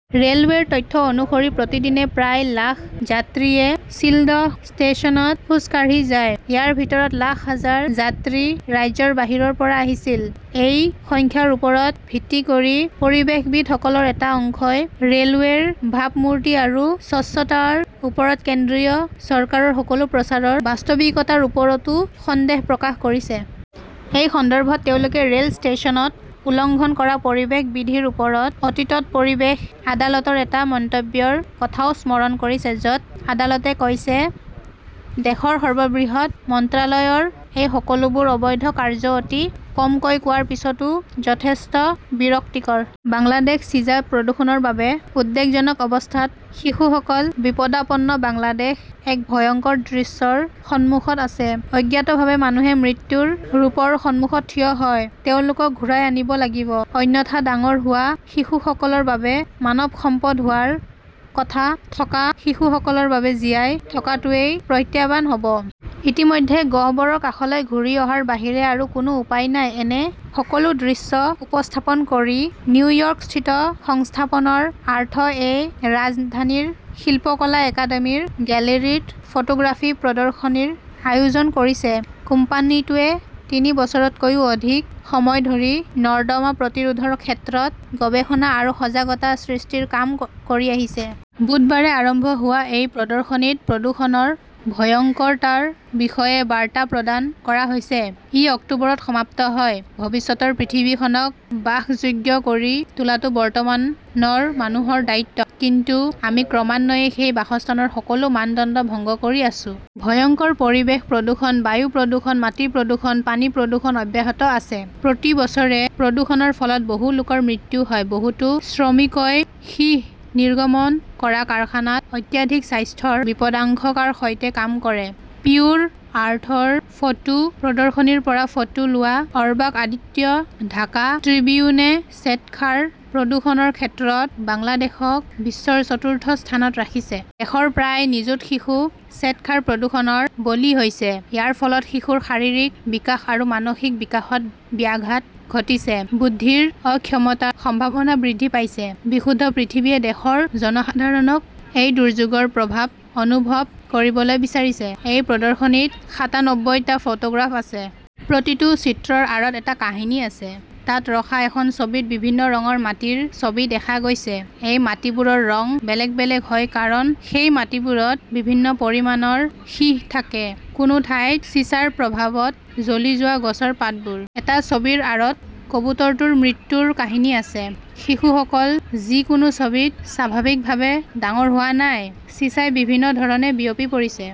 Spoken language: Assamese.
ৰে'লৱেৰ তথ্য অনুসৰি প্ৰতিদিনে প্ৰায় লাখ যাত্ৰীয়ে শ্বিলদহ ষ্টেচনত খোজ কাঢ়ি যায়। ইয়াৰ ভিতৰত লাখ হাজাৰ যাত্ৰী ৰাজ্যৰ বাহিৰৰ পৰা আহিছিল। এই সংখ্যাৰ ওপৰত ভিত্তি কৰি পৰিৱেশবিদসকলৰ এটা অংশই ৰে'লৱেৰ ভাবমূৰ্তি আৰু স্বচ্ছতাৰ ওপৰত কেন্দ্ৰীয় চৰকাৰৰ সকলো প্ৰচাৰৰ বাস্তৱিকতাৰ ওপৰতো সন্দেহ প্ৰকাশ কৰিছে। এই সন্দৰ্ভত তেওঁলোকে ৰে'ল ষ্টেচনত উলংঘন কৰা পৰিৱেশ বিধিৰ ওপৰত অতীতত পৰিৱেশ আদালতৰ এটা মন্তব্যৰ কথাও স্মৰণ কৰিছে। য 'ত আদালতে কৈছিল, দেশৰ সৰ্ববৃহৎ মন্ত্ৰালয় ৰ এই সকলোবোৰ অবৈধ কাৰ্য্য অতি কমকৈ কোৱাৰ পিছতো যথেষ্ট বিৰক্তিকৰ। বাংলাদেশ চিজা প্ৰদূষণৰ বাবে উদ্বেগজনক অৱস্থাত শিশুসকল বিপদাপন্ন বাংলাদেশ এক ভয়ংকৰ দৃশ্যৰ সন্মুখত আছে। অজ্ঞাতভাৱে মানুহে মৃত্যুৰ ৰূপৰ সন্মুখত থিয় হয়। তেওঁলোকক ঘূৰাই আনিব লাগিব। অন্যথা ডাঙৰ হোৱা শিশুসকলৰ বাবে, মানৱ সম্পদ হোৱাৰ কথা থকা শিশুসকলৰ বাবে জীয়াই থকাটোৱেই প্ৰত্যাহ্বান হ'ব। ইতিমধ্যে গহ্বৰৰ কাষলৈ ঘূৰি অহাৰ বাহিৰে আৰু কোনো উপায় নাই। এনে সকলো দৃশ্য উপস্থাপন কৰি নিউয়ৰ্কস্থিত সংস্থাপৰ আৰ্থ এ ৰাজধানীৰ শিল্পকলা একাডেমীৰ গেলেৰীত ফটোগ্ৰাফী প্ৰদৰ্শনীৰ আয়োজন কৰিছে। কোম্পানীটোৱে তিনি বছৰতকৈও অধিক সময় ধৰি নৰ্দমা প্ৰতিৰোধৰ ক্ষেত্ৰত গৱেষণা আৰু সজাগতা সৃষ্টিৰ কাম কৰি আহিছে। বুধবাৰে আৰম্ভ হোৱা এই প্ৰদৰ্শনীত প্ৰদূষণৰ ভয়ংকৰতাৰ বিষয়ে বাৰ্তা প্ৰদান কৰা হৈছে। ই অক্টোবৰত সমাপ্ত হয়। ভৱিষ্যতৰ পৃথিৱীখনক বাসযোগ্য কৰি তোলাটো বৰ্তমানৰ মানুহৰ দায়িত্ব। কিন্তু আমি ক্ৰমান্বয়ে সেই বাসস্থানৰ সকলো মানদণ্ড ভংগ কৰি আছো। ভয়ংকৰ পৰিৱেশ প্ৰদূষণ, বায়ু প্ৰদূষণ, মাটি প্ৰদূষণ, পানী প্ৰদূষণ অব্যাহত আছে। প্ৰতি বছৰে প্ৰদূষণৰ ফলত বহু লোকৰ মৃত্যু হয়। বহুতো শ্ৰমিকই সীহ নিৰ্গমন কৰা কাৰখানাত অত্যাধিক স্বাস্থ্যৰ বিপদাশংকাৰ সৈতে কাম কৰে। পিউৰ আৰ্থৰ ফটো প্ৰদৰ্শনীৰ পৰা ফটো লোৱা অৰবাক আদিত্য ঢাকা ট্ৰিবিউনে শ্বেতসাৰ প্ৰদূষণৰ ক্ষেত্ৰত বাংলাদেশক বিশ্বৰ চতুৰ্থ স্থানত ৰাখিছে। দেশৰ প্ৰায় নিযুত শিশু শ্বেতসাৰ প্ৰদূষণৰ বলি হৈছে। ইয়াৰ ফলত শিশুৰ শাৰীৰিক বিকাশ আৰু মানসিক বিকাশত ব্যাঘাত ঘটিছে। বুদ্ধিৰ অক্ষমতাৰ সম্ভাৱনা বৃদ্ধি পাইছে। বিশুদ্ধ পৃথিৱীয়ে দেশৰ জনসাধাৰণক এই দুৰ্যোগৰ প্ৰভাৱ অনুভৱ কৰিবলৈ বিচাৰিছে। এই প্ৰদৰ্শনীত সাতানব্বৈ টা ফটোগ্ৰাফ আছে। প্ৰতিটো চিত্ৰৰ আঁৰত এটা কাহিনী আছে। তাত ৰখা এখন ছবিত বিভিন্ন ৰঙৰ মাটিৰ ছবি দেখা গৈছে। এই মাটিবোৰৰ ৰং বেলেগ বেলেগ হয় কাৰণ সেই মাটিবোৰত বিভিন্ন পৰিমাণৰ সীহ থাকে। কোনো ঠাইত চিছাৰ প্ৰভাৱত জ্বলি যোৱা গছৰ পাতবোৰ। এটা ছবিৰ আঁৰত কবুতৰটোৰ মৃত্যুৰ কাহিনী আছে। শিশুসকল যি কোনো ছবিত স্বাভাৱিকভাৱে ডাঙৰ হোৱা নাই। চিছাই বিভিন্ন ধৰণে বিয়পি পৰিছে।